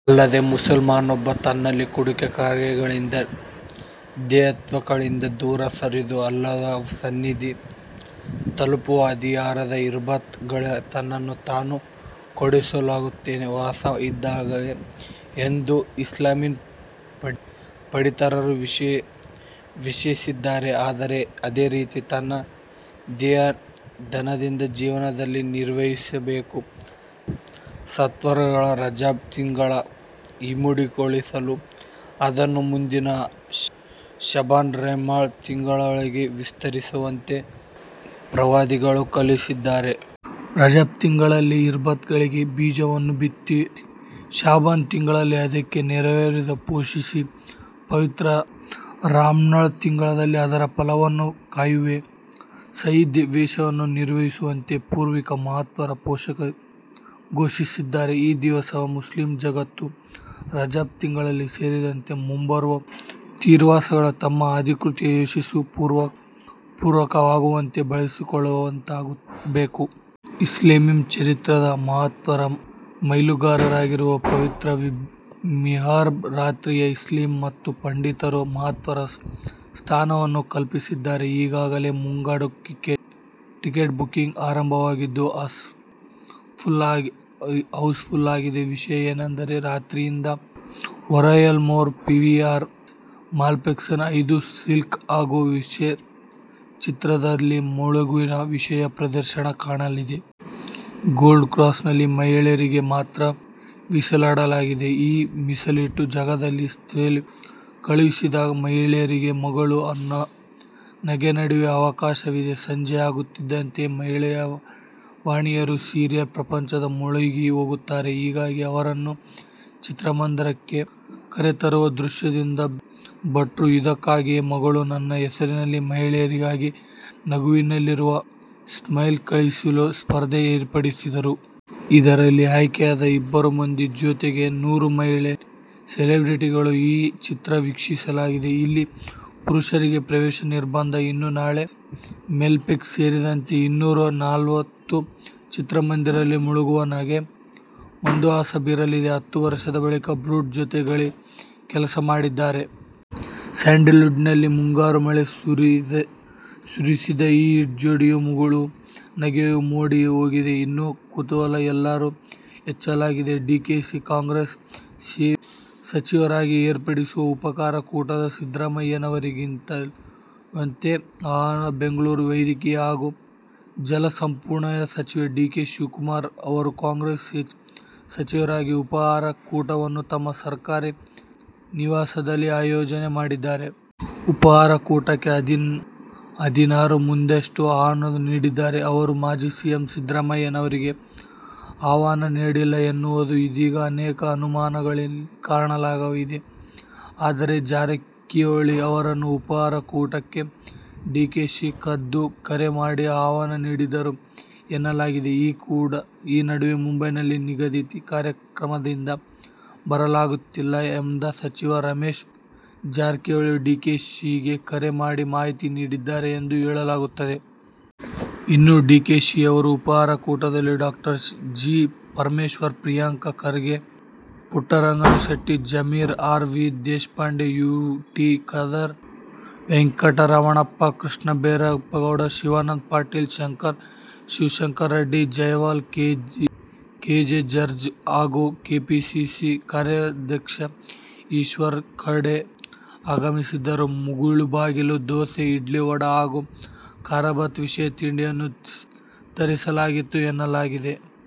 ಅಲ್ಲದೆ ಮುಸಲ್ಮಾನನೊಬ್ಬ ತನ್ನೆಲ್ಲ ಕೆಡುಕು ಕಾರ್ಯಗಳಿಂದ, ದೇಹೇಚ್ಛೆಗಳಿಂದ ದೂರ ಸರಿದು, ಅಲ್ಲಾಹನ ಸಾನ್ನಿಧ್ಯ ತಲುಪುವ ಹಾದಿಯಾದ ಇಬಾದತ್ ಗಳಲ್ಲಿ ತನ್ನನ್ನು ತಾನು ತೊಡಗಿಸಿಕೊಳ್ಳುವ ಮಾಸ ಇದಾಗಿದೆ ಎಂದು ಇಸ್ಲಾಮೀ ಪಂಡಿತರು ವಿಶ್ಲೇಷಿದ್ದಾರೆ. ಅದೇ ರೀತಿ ತನ್ನ ದೈನಂದಿನ ಜೀವನದಲ್ಲಿ ನಿರ್ವಹಿಸುತ್ತಿದ್ದ ಸತ್ಕರ್ಮಗಳನ್ನು ರಜಬ್ ತಿಂಗಳಲ್ಲಿ ಇಮ್ಮಡಿಗೊಳಿಸಿ ಅದನ್ನು ಮುಂದಿನ ಶಅಬಾನ್, ರಮಳಾನ್ ತಿಂಗಳುಗಳಿಗೂ ವಿಸ್ತರಿಸುವಂತೆ ಪ್ರವಾದಿಗಳು ಕಲ್ಪಿಸಿದ್ದಾರೆ. ರಜಬ್ ತಿಂಗಳಲ್ಲಿ ಇಬಾದತ್ ಗಳಿಗೆ ಬೀಜವನ್ನು ಬಿತ್ತಿ, ಶಅಬಾನ್ ತಿಂಗಳಲ್ಲಿ ಅದಕ್ಕೆ ನೇರೆರೆದು ಪೋಷಿಸಿ, ಪವಿತ್ರ ರಮಳಾನ್ ತಿಂಗಳಲ್ಲಿ ಅದರ ಫಸಲನ್ನು ಕೊಯ್ಯುವ ಸನ್ನಿವೇಶವನ್ನು ನಿರ್ಮಿಸುವಂತೆ ಪೂರ್ವಿಕ ಮಹಾತ್ಮರು ಘೋಷಿಸಿದ್ದಾರೆ. ಈ ದಿಸೆಯಲ್ಲಿ ಮುಸ್ಲಿಂ ಜಗತ್ತು ರಜಬ್ ತಿಂಗಳು ಸೇರಿದಂತೆ ಮುಂಬರುವ ತ್ರಿಮಾಸಗಳನ್ನು ತಮ್ಮ ಆಧ್ಯಾತ್ಮಿಕ ಯಶಸ್ಸಿಗೆ ಪೂರಕವಾಗುವಂತೆ ಬಳಸಿಕೊಳ್ಳುವಂತಾಗಬೇಕು. ಇಸ್ಲಾಮೀ ಚರಿತ್ರೆಯಲ್ಲಿ ಮಹತ್ತರ ಮೈಲುಗಲ್ಲಾಗಿರುವ ಪವಿತ್ರ ಮಿಹ್ರಾಜ್ ರಾತ್ರಿಗೆ ಇಸ್ಲಾಮೀ ಮತ ಪಂಡಿತರು ಮಹತ್ತರ ಸ್ಥಾನಮಾನವನ್ನು ಕಲ್ಪಿಸಿದ್ದಾರೆ. ಈಗಾಗಲೇ ಮುಂಗಡ ಟಿಕೆಟ್ ಬುಕ್ಕಿಂಗ್ ಆರಂಭವಾಗಿದ್ದು, ಹೌಸ್ ಫುಲ್ ಆಗಿದೆ. ವಿಶೇಷ ಅಂದರೆ ಇಂದು ರಾತ್ರಿಯಿಂದಲೇ ಒರಾಯನ್ ಮಾಲ್ನ ಪಿವಿಆರ್ ಮಲ್ಟಿಪ್ಲೆಕ್ಸ್ ನ ಐದು ಸ್ಕ್ರೀನ್ ಹಾಗೂ ವಿರೇಶ ಚಿತ್ರಮಂದಿರದಲ್ಲಿ ಮುಗುಳುನಗೆ ವಿಶೇಷ ಪ್ರದರ್ಶನ ಕಾಣಲಿದೆ. ಗೋಲ್ಡ್ ಕ್ಲಾಸ್ ನಲ್ಲಿ ಮಹಿಳೆಯರಿಗಾಗಿ ಮಾತ್ರ ಮೀಸಲಿಡಲಾಗಿದೆ. ಈ ಮೀಸಲಿಟ್ಟ ಜಾಗದಲ್ಲಿ ಸೆಲ್ಫಿ ಕಳುಹಿಸಿದ ಮಹಿಳೆಯರಿಗೆ ಮುಗುಳು ನಗೆ' ನೋಡುವ ಅವಕಾಶವಿದೆ. ಸಂಜೆಯಾಗುತ್ತಿದ್ದಂತೆ ಮಹಿಳಾಮಣಿಯರು ಸೀರಿಯಲ್ ಪ್ರಪಂಚದಲ್ಲಿ ಮುಳುಗಿ ಹೋಗುತ್ತಾರೆ. ಹೀಗಾಗಿ ಅವರನ್ನ ಚಿತ್ರಮಂದಿರಕ್ಕೆ ಕರೆತರುವ ದೃಷ್ಟಿಯಿಂದ ಭಟ್ರು ಇದಕ್ಕಾಗಿಯೇ ಮುಗುಳು ನಗೆ' ಹೆಸರಲ್ಲಿ ಮಹಿಳೆಯರಿಗಾಗಿ ನಗುವಿನಲ್ಲಿರುವ ಸೆಲ್ಫೀ ಕಳುಹಿಸುವ ಸ್ಪರ್ಧೆ ಏರ್ಪಡಿಸಿದ್ದರು. ಇದರಲ್ಲಿ ಆಯ್ಕೆಯಾದ ಇನ್ನೂರು ಮಂದಿ ಜೊತೆಗೆ ನೂರು ಮಹಿಳಾ ಸೆಲೆಬ್ರಿಟಿಗಳು ಈ ಚಿತ್ರ ವೀಕ್ಷಿಸಲಿದ್ದಾರೆ. ಇಲ್ಲಿ ಪುರುಷರಿಗೆ ಪ್ರವೇಶ ನಿರ್ಬಂಧ. ಇನ್ನು ನಾಳೆ ಮಲ್ಟಿಪ್ಲೆಕ್ಸ್ ಸೇರಿದಂತೆ ಇನ್ನೂರ ನಲವತ್ತು ಚಿತ್ರಮಂದಿರಗಳಲ್ಲಿ ಮುಗುಳು ನಗೆ ಮಂದಹಾಸ ಬೀರಲಿದೆ. ಹತ್ತು ವರ್ಷದ ಬಳಿಕ ಭಟ್ರು ಜೊತೆ ಗಣಿ ಕೆಲಸ ಮಾಡಿದ್ದಾರೆ. ಸ್ಯಾಂಡಲ್ ವುಡ್ ನಲ್ಲಿ ಮುಂಗಾರು ಮಳೆ ಸುರಿಸಿದ ಈ ಹಿಟ್ ಜೋಡಿಯ ಮುಗುಳು ನಗೆ'ಯ ಮೋಡಿ ಹೇಗಿದೆ ಅನ್ನೋ ಕುತೂಹಲ ಎಲ್ಲರಲ್ಲೂ ಹೆಚ್ಚಾಗಿದೆ. ಡಿಕೆಶಿ ಕಾಂಗ್ರೆಸ್ ಸಚಿವರಿಗಾಗಿ ಏರ್ಪಡಿಸಿದ ಉಪಹಾರ ಕೂಟದಲ್ಲಿ ಸಿದ್ದರಾಮಯ್ಯನವರಿಗಿಲ್ಲವಂತೆ ಆಹ್ವಾನ. ಬೆಂಗಳೂರು: ವೈದ್ಯಕೀಯ ಹಾಗೂ ಜಲಸಂಪನ್ಮೂಲ ಸಚಿವ ಡಿ. ಕೆ. ಶಿವಕುಮಾರ್ ಅವರು ಕಾಂಗ್ರೆಸ್ ಸಚಿವರಿಗಾಗಿ ಉಪಹಾರ ಕೂಟವನ್ನು ತಮ್ಮ ಸರ್ಕಾರಿ ನಿವಾಸದಲ್ಲಿ ಆಯೋಜನೆ ಮಾಡಿದ್ದಾರೆ. ಉಪಹಾರ ಕೂಟಕ್ಕೆ ಹದಿನಾರು ಮಂದಿಗಷ್ಟೆ ಆಹ್ವಾನ ನೀಡಿದ ಅವರು ಮಾಜಿ ಸಿಎಂ ಸಿದ್ದರಾಮಯ್ಯನವರಿಗೆ ಆಹ್ವಾನ ನೀಡಿಲ್ಲ, ಎನ್ನುವುದು ಇದೀಗ ಅನೇಕ ಅನುಮಾನಗಳಿಗೆ ಕಾರಣವಾಗಿದೆ. ಆದರೆ ಜಾರಕಿಹೊಳಿ ಅವರನ್ನು ಉಪಹಾರ ಕೂಟಕ್ಕೆ ಡಿಕೆಶಿ ಖುದ್ದು ಕರೆ ಮಾಡಿ ಆಹ್ವಾನ ನೀಡಿದ್ದರು ಎನ್ನಲಾಗಿದೆ. ಈ ನಡುವೆ ಮುಂಬೈನ ನಿಗದಿತ ಕಾರ್ಯಕ್ರಮದಿಂದ ಬರಲಾಗುತ್ತಿಲ್ಲ ಎಂದು ಸಚಿವ ರಮೇಶ್ ಜಾರಕಿಹೊಳಿ ಡಿಕೆಶಿಗೆ ಕರೆ ಮಾಡಿ ಮಾಹಿತಿ ನೀಡಿದ್ದಾರೆ ಎಂದು ಹೇಳಲಾಗುತ್ತಿದೆ. ಇನ್ನು ಡಿಕೆಶಿಯವರ ಉಪಹಾರ ಕೂಟಕ್ಕೆ Dr. G. Parameshwar, Priyank Kharge, Puttarangashetty, Zameer, R. V. Deshpande, U. T Khader, Venkataramanappa, Krishna Byregowda, Shivananda Patil, Shankar, Shivashankara Reddy, Jayamala, K. J George, ಹಾಗೂ ಕೆಪಿಸಿಸಿ ಕಾರ್ಯಾಧ್ಯಕ್ಷ ಈಶ್ವರ್ ಖಂಡ್ರೆ ಆಗಮಿಸಿದ್ದು, ಮುಳಬಾಗಿಲು ದೋಸೆ, ಇಡ್ಲಿ-ವಡೆ ಹಾಗೂ ಕಾರಬಾತ್ ವಿಶೇಷ ತಿಂಡಿಯನ್ನು ತರಿಸಲಾಗಿತ್ತು ಎನ್ನಲಾಗಿದೆ.